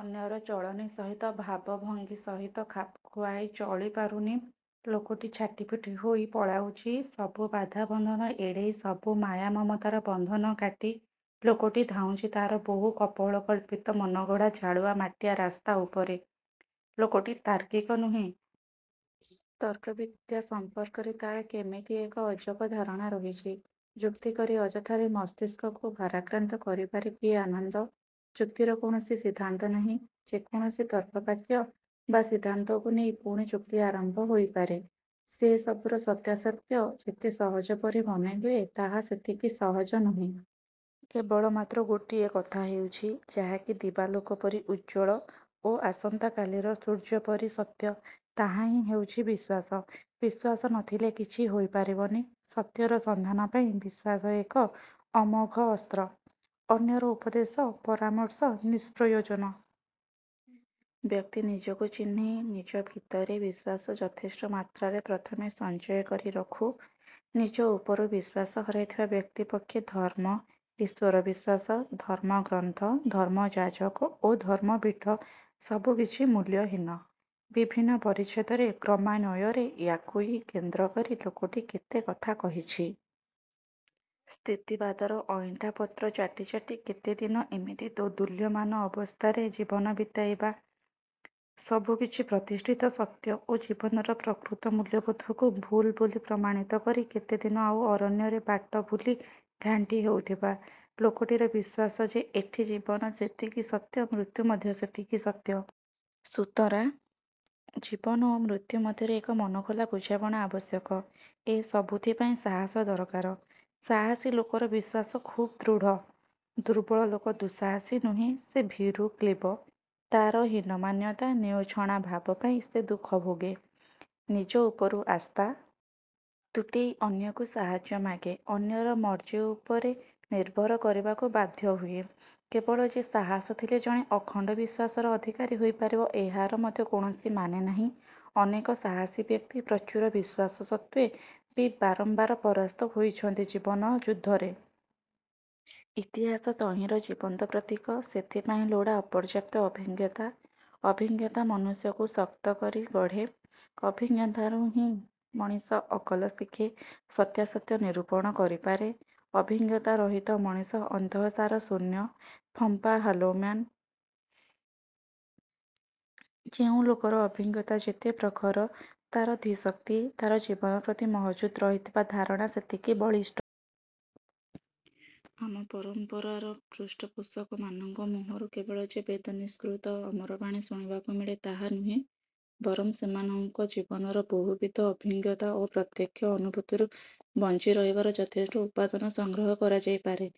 ଅନ୍ୟର ଚଳଣି ସହିତ, ଭାବଭଙ୍ଗୀ ସହିତ ଖାପ୍ଖୁଆଇ ଚଳି ପାରୁନି। ଲୋକଟି ଛାଟିପିଟି ହୋଇ ପଳାଉଛି। ସବୁ ବାଧା ବନ୍ଧନ ଏଡ଼େଇ ସବୁ ମାୟା ମମତାର ବନ୍ଧନ କାଟି ଲୋକଟି ଧାଉଁଛି ତା'ର ବହୁ କପୋଳକଳ୍ପିତ ମନଗଢ଼ା ଝାଳୁଆ ମାଟିଆ ରାସ୍ତା ଉପରେ। ଲୋକଟି ତାର୍କିକ ନୁହେଁ। ତର୍କ ବିଦ୍ୟା ସମ୍ପର୍କରେ ତା'ର କେମିତି ଏକ ଅଜବ ଧାରଣା ରହିଛି। ଯୁକ୍ତି କରି ଅଯଥାରେ ମସ୍ତିଷ୍କକୁ ଭାରାକ୍ରାନ୍ତ କରିବାରେ କି ଆନନ୍ଦ। ଯୁକ୍ତିର କୌଣସି ସିଦ୍ଧାନ୍ତ ନାହିଁ। ଯେ କୌଣସି ତର୍କବାକ୍ୟ ବା ସିଦ୍ଧାନ୍ତକୁ ନେଇ ପୁଣି ଯୁକ୍ତି ଆରମ୍ଭ ହୋଇପାରେ। ସେ ସବୁର ସତ୍ୟାସତ୍ୟ ଯେତେ ସହଜ ପରି ମନେହୁଏ ତାହା ସେତିକି ସହଜ ନୁହେଁ। କେବଳ ମାତ୍ର ଗୋଟିଏ କଥା ହେଉଛି, ଯାହାକି ଦିବାଲୋକ ପରି ଉଜ୍ଜ୍ୱଳ ଓ ଆସନ୍ତା କାଲିର ସୂର୍ଯ୍ୟପରି ସତ୍ୟ, ତାହାହିଁ ହେଉଛି ବିଶ୍ୱାସ। ବିଶ୍ୱାସ ନଥିଲେ କିଛି ହୋଇ ପାରିବନି। ସତ୍ୟର ସନ୍ଧାନ ପାଇଁ ବିଶ୍ୱାସ ଏକ ଅମୋଘ ଅସ୍ତ୍ର। ଅନ୍ୟର ଉପଦେଶ, ପରାମର୍ଶ, ନିଷ୍ପ୍ରୟୋଜନ। ବ୍ୟକ୍ତି ନିଜକୁ ଚିହ୍ନି ନିଜ ଭିତରେ ବିଶ୍ୱାସ ଯଥେଷ୍ଟ ମାତ୍ରାରେ ପ୍ରଥମେ ସଞ୍ଚୟ କରି ରଖୁ। ନିଜ ଉପରୁ ବିଶ୍ୱାସ ହରାଇଥିବା ବ୍ୟକ୍ତି ପକ୍ଷେ ଧର୍ମ, ଈଶ୍ୱର ବିଶ୍ୱାସ, ଧର୍ମଗ୍ରନ୍ଥ, ଧର୍ମଯାଜକ ଓ ଧର୍ମପୀଠ ସବୁକିଛି ମୂଲ୍ୟହୀନ। ବିଭିନ୍ନ ପରିଚ୍ଛେଦରେ କ୍ରମାନ୍ୱୟରେ ୟା'କୁଇ କେନ୍ଦ୍ରକରି ଲୋକଟି କେତେ କଥା କହିଛି। ସ୍ଥିତିବାଦର ଅଇଣ୍ଠା ପତ୍ର ଚାଟି ଚାଟି କେତେଦିନ ଏମିତି ଦୋଦୁଲ୍ୟମାନ ଅବସ୍ଥାରେ ଜୀବନ ବିତେଇବା? ସବୁକିଛି ପ୍ରତିଷ୍ଠିତ ସତ୍ୟ ଓ ଜୀବନର ପ୍ରକୃତ ମୂଲ୍ୟବୋଧକୁ 'ଭୁଲ୍' ବୋଲି ପ୍ରମାଣିତ କରି କେତେଦିନ ଆଉ ଅରଣ୍ୟରେ ବାଟ ଭୁଲି ଘାଣ୍ଟି ହେଉଥିବା? ଲୋକଟିରା ବିଶ୍ୱାସ ଯେ ଏଠି ଜୀବନ ଯେତିକି ସତ୍ୟ, ମୃତ୍ୟୁ ମଧ୍ୟ ସେତିକି ସତ୍ୟ। ସୁତରାଂ ଜୀବନ ଓ ମୃତ୍ୟୁ ମଧ୍ୟରେ ଏକ ମନଖୋଲା ବୁଝାମଣା ଆବଶ୍ୟକ। ଏ ସବୁଥିପାଇଁ ସାହସ ଦରକାର। ସାହସୀ ଲୋକର ବିଶ୍ୱାସ ଖୁବ୍ ଦୃଢ଼। ଦୁର୍ବଳ ଲୋକ ଦୁଃସାହସୀ ନୁହେଁ। ସେ ଭୀରୁ, କ୍ଳୀବ। ତା'ର ହୀନମନ୍ୟତା, ନିଉଛଣାଭାବ ପାଇଁ ସେ ଦୁଃଖ ଭୋଗେ। ନିଜ ଉପରୁ ଆସ୍ଥା। ତୁଟେଇ ଅନ୍ୟକୁ ସାହାଯ୍ୟ ମାଗେ। ଅନ୍ୟର ମର୍ଜି ଉପରେ ନିର୍ଭର କରିବାକୁ ବାଧ୍ୟ ହୁଏ। କେବଳ ଯେ ସାହାସ ଥିଲେ ଜଣେ ଅଖଣ୍ଡ ବିଶ୍ୱାସର ଅଧିକାରୀ ହୋଇପାରିବ ଏହାର ମଧ୍ୟ କୌଣସି ମାନେ ନାହିଁ। ଅନେକ ସାହସୀ ବ୍ୟକ୍ତି ପ୍ରଚୁର ବିଶ୍ୱାସ ସତ୍ତ୍ୱେ ବି ବାରମ୍ବାର ପରାସ୍ତ ହୋଇଛନ୍ତି ଜୀବନ ଯୁଦ୍ଧରେ। ଇତିହାସ ତହିଁର ଜୀବନ୍ତ ପ୍ରତୀକ। ସେଥିପାଇଁ ଲୋଡ଼ା ଅପର୍ଯ୍ୟାପ୍ତ ଅଭିଜ୍ଞତା। ଅଭିଜ୍ଞତା ମନୁଷ୍ୟକୁ ଶକ୍ତ କରି ଗଢ଼େ। ଅଭିଜ୍ଞତାରୁହିଁ ମଣିଷ ଅକଲ ଶିଖେ। ସତ୍ୟାସତ୍ୟ ନିରୂପଣ କରିପାରେ। ଅଭିଜ୍ଞତା ରହିତ ମଣିଷ ଅନ୍ତଃସାର ଶୂନ୍ୟ। ଫମ୍ପା! ହଲୋମ୍ୟାନ୍। ଯେଉଁ ଲୋକର ଅଭିଜ୍ଞତା ଯେତେ ପ୍ରଖର, ତା'ର ଧୀଶକ୍ତି, ତା'ର ଜୀବନପ୍ରତି ମହଜୁଦ ରହିଥିବା ଧାରଣା ସେତିକି ବଳିଷ୍ଠ। ଆମ ପରମ୍ପରାର ପୃଷ୍ଠପୋଷକମାନଙ୍କ ମୁହଁରୁ କେବଳ ଯେ ବେଦ ନିଃସୃତ ଅମରବାଣୀ ଶୁଣିବାକୁ ମିଳେ ତାହା ନୁହେଁ, ବରଂ ସେମାନଙ୍କ ଜୀବନର ବହୁବିଧ ଅଭିଜ୍ଞତା ଓ ପ୍ରତ୍ୟକ୍ଷ ଅନୁଭୂତିରୁ ବଞ୍ଚି ରହିବାର ଯଥେଷ୍ଟ ଉପାଦାନ ସଂଗ୍ରହ କରାଯାଇପାରେ।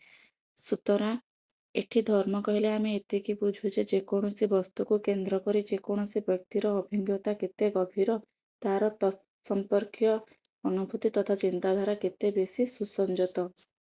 ସୁତରାଂ ଏଠି ଧର୍ମ କହିଲେ ଆମେ ଏତିକି ବୁଝୁ ଯେ, ଯେକୌଣସି ବସ୍ତୁକୁ କେନ୍ଦ୍ରକରି ଯେ କୌଣସି ବ୍ୟକ୍ତିର ଅଭିଜ୍ଞତା କେତେ ଗଭୀର ତା'ର ତତ୍ସମ୍ପର୍କୀୟ ଅନୁଭୂତି ତଥା ଚିନ୍ତାଧାରା କେତେ ବେଶୀ ସୁସଞ୍ଜତ।